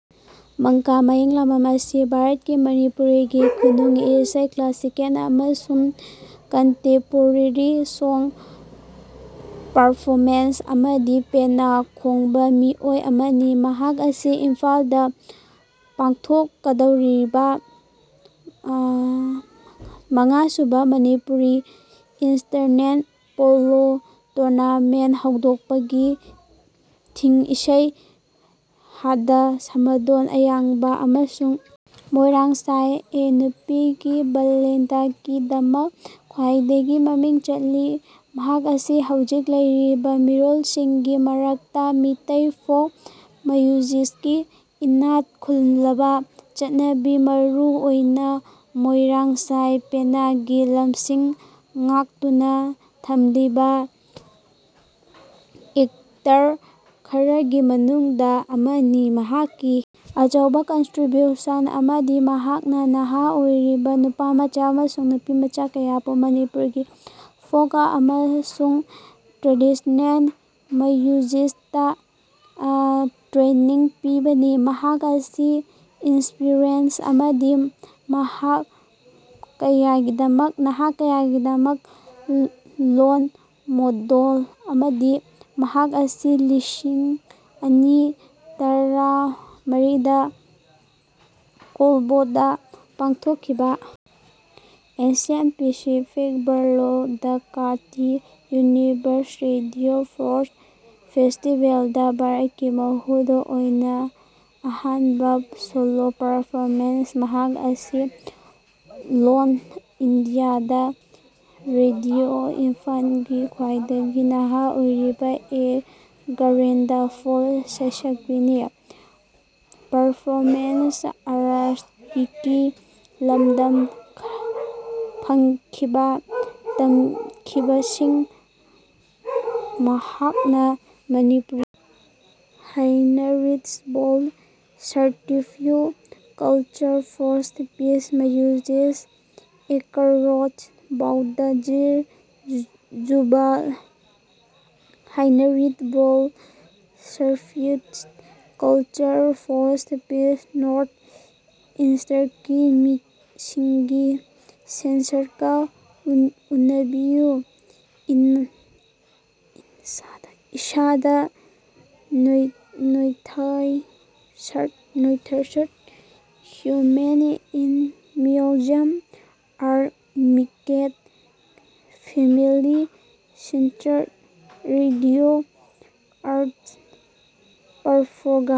ꯃꯥꯡꯀꯥ ꯃꯥꯌꯥꯡꯂꯝꯕꯥꯝ ꯑꯁꯤ ꯚꯥꯔꯡꯀꯤ ꯃꯅꯤꯄꯨꯔꯤ ꯈꯨꯅꯨꯡ ꯏꯁꯩ ꯀ꯭ꯂꯥꯁꯤꯀꯦꯜ ꯑꯃꯁꯨꯡ ꯀꯟꯇꯦꯝꯄꯣꯔꯦꯔꯤ ꯁꯣꯡ ꯄꯔꯐꯣꯔꯃꯔ ꯑꯃꯗꯤ ꯄꯦꯅꯥ ꯈꯣꯡꯕ ꯃꯤꯑꯣꯏ ꯑꯃꯅꯤ꯫ ꯃꯍꯥꯛ ꯑꯁꯤ ꯏꯝꯐꯥꯜꯗꯥ ꯄꯥꯡꯊꯣꯛꯀꯗꯧꯔꯤꯕꯥ ꯃꯉꯥꯁꯨꯕꯥ ꯃꯅꯤꯄꯨꯔ ꯏꯟꯇꯔꯅꯦꯁ꯭ꯅꯦꯜ ꯄꯣꯂꯣ ꯇꯨꯔꯅꯥꯃꯦꯟꯠꯀꯤ ꯍꯧꯗꯣꯛꯄꯒꯤ ꯊꯤꯝ ꯏꯁꯩ ꯍꯥꯗꯥ ꯁꯃꯥꯗꯣꯟ ꯑꯌꯥꯡꯕꯥ ꯑꯃꯁꯨꯡ ꯃꯣꯏꯔꯥꯡ ꯁꯥꯏ ꯑꯦ ꯅꯨꯄꯤꯒꯤ ꯕꯦꯜꯂꯦꯗꯀꯤꯗꯃꯛ ꯈ꯭ꯋꯥꯏꯗꯒꯤ ꯃꯃꯤꯡ ꯆꯠꯂꯤ꯫ ꯃꯍꯥꯛ ꯑꯁꯤ ꯍꯧꯖꯤꯛ ꯂꯩꯔꯤꯕꯥ ꯃꯤꯔꯣꯜꯒꯤ ꯃꯔꯛꯇꯥ ꯃꯩꯇꯩ ꯐꯣꯛ ꯃ꯭ꯌꯨꯖꯤꯛꯀꯤ ꯏꯅꯥꯛ ꯈꯨꯜꯂꯕꯥ ꯆꯠꯅꯕꯤ ꯃꯔꯨ ꯑꯣꯏꯅꯥ ꯃꯣꯏꯔꯥꯡ ꯁꯥꯏ ꯄꯦꯅꯥꯒꯤ ꯂꯝꯁꯤꯡ ꯉꯥꯛꯇꯨꯅꯥ ꯊꯝꯂꯤꯕꯥ ꯑꯥꯔꯇꯤꯁ꯭ꯠ ꯈꯔꯒꯤ ꯃꯅꯨꯡꯗꯥ ꯑꯃꯅꯤ꯫ ꯃꯍꯥꯛꯀꯤ ꯑꯆꯧꯕ ꯀꯟꯇ꯭ꯔꯤꯕ꯭ꯌꯨꯁꯟ ꯑꯃꯗꯤ ꯃꯍꯥꯛꯅꯥ ꯅꯍꯥ ꯑꯣꯏꯔꯤꯕꯥ ꯅꯨꯄꯥꯃꯆꯥ ꯑꯃꯁꯨꯡ ꯅꯨꯄꯤꯃꯆꯥ ꯀꯌꯥꯕꯨ ꯃꯅꯤꯄꯨꯔꯤ ꯐꯣꯛ ꯑꯃꯁꯨꯡ ꯇ꯭ꯔꯦꯗꯤꯁ꯭ꯅꯦꯜ ꯃ꯭ꯌꯨꯖꯤꯛꯇꯥ ꯇ꯭ꯔꯦꯅꯤꯡ ꯄꯤꯕꯅꯤ꯫ ꯃꯍꯥꯛ ꯑꯁꯤ ꯏꯟꯁꯄꯤꯔꯦꯁꯟ ꯑꯃꯅꯤ ꯅꯍꯥ ꯀꯌꯥꯒꯤꯗꯃꯛ ꯔꯣꯜ ꯃꯣꯗꯦꯜ ꯑꯃꯅꯤ꯫ ꯃꯍꯥꯛ ꯑꯁꯤ ꯂꯤꯁꯤꯡ ꯑꯅꯤ ꯇꯔꯥꯃꯔꯤꯗ ꯀꯣꯂꯝꯕꯣꯗꯥ ꯄꯥꯡꯊꯣꯛꯈꯤꯕꯥ Asia Pacific broadcasting union radio song ꯐꯦꯁꯇꯤꯕꯦꯜꯗꯥ ꯚꯥꯔꯠꯀꯤ ꯃꯤꯍꯨꯠ ꯑꯣꯏꯅꯥ ꯑꯍꯥꯟꯕꯥ ꯁꯣꯂꯣ ꯄꯔꯐꯣꯔꯃꯔꯅꯤ꯫ ꯃꯍꯥꯛ ꯑꯁꯤ ꯑꯣꯜ ꯏꯟꯗꯤꯌꯥ ꯔꯦꯗꯤꯑꯣ ꯏꯝꯐꯥꯜꯒꯤ ꯈ꯭ꯋꯥꯏꯗꯒꯤ ꯅꯍꯥ ꯑꯣꯏꯔꯤꯕꯥ ꯑꯦ ꯒ꯭ꯔꯦꯗ ꯐꯣꯛ ꯁꯩꯁꯛꯄꯤꯅꯤ꯫ ꯄꯔꯐꯣꯃꯤꯡ ꯑꯥꯔꯠꯁꯀꯤ ꯂꯝꯗꯥ ꯐꯪꯈꯤꯕꯥ ꯇꯝꯈꯤꯕꯁꯤꯡ ꯃꯥꯡꯀꯥꯅꯥ Manipuri Heinrich Böll Stiftung culture of peace music across boundaries Zubaan Heinrich Böll Stiftung culture of peace north ꯏꯁ꯭ꯇꯀꯤ ꯁꯤꯡꯒꯤꯡ ꯁꯦꯟꯁꯁꯀꯥ ꯎꯅꯕꯤꯌꯨ inside northeast women in music art making family sister radio Iris programme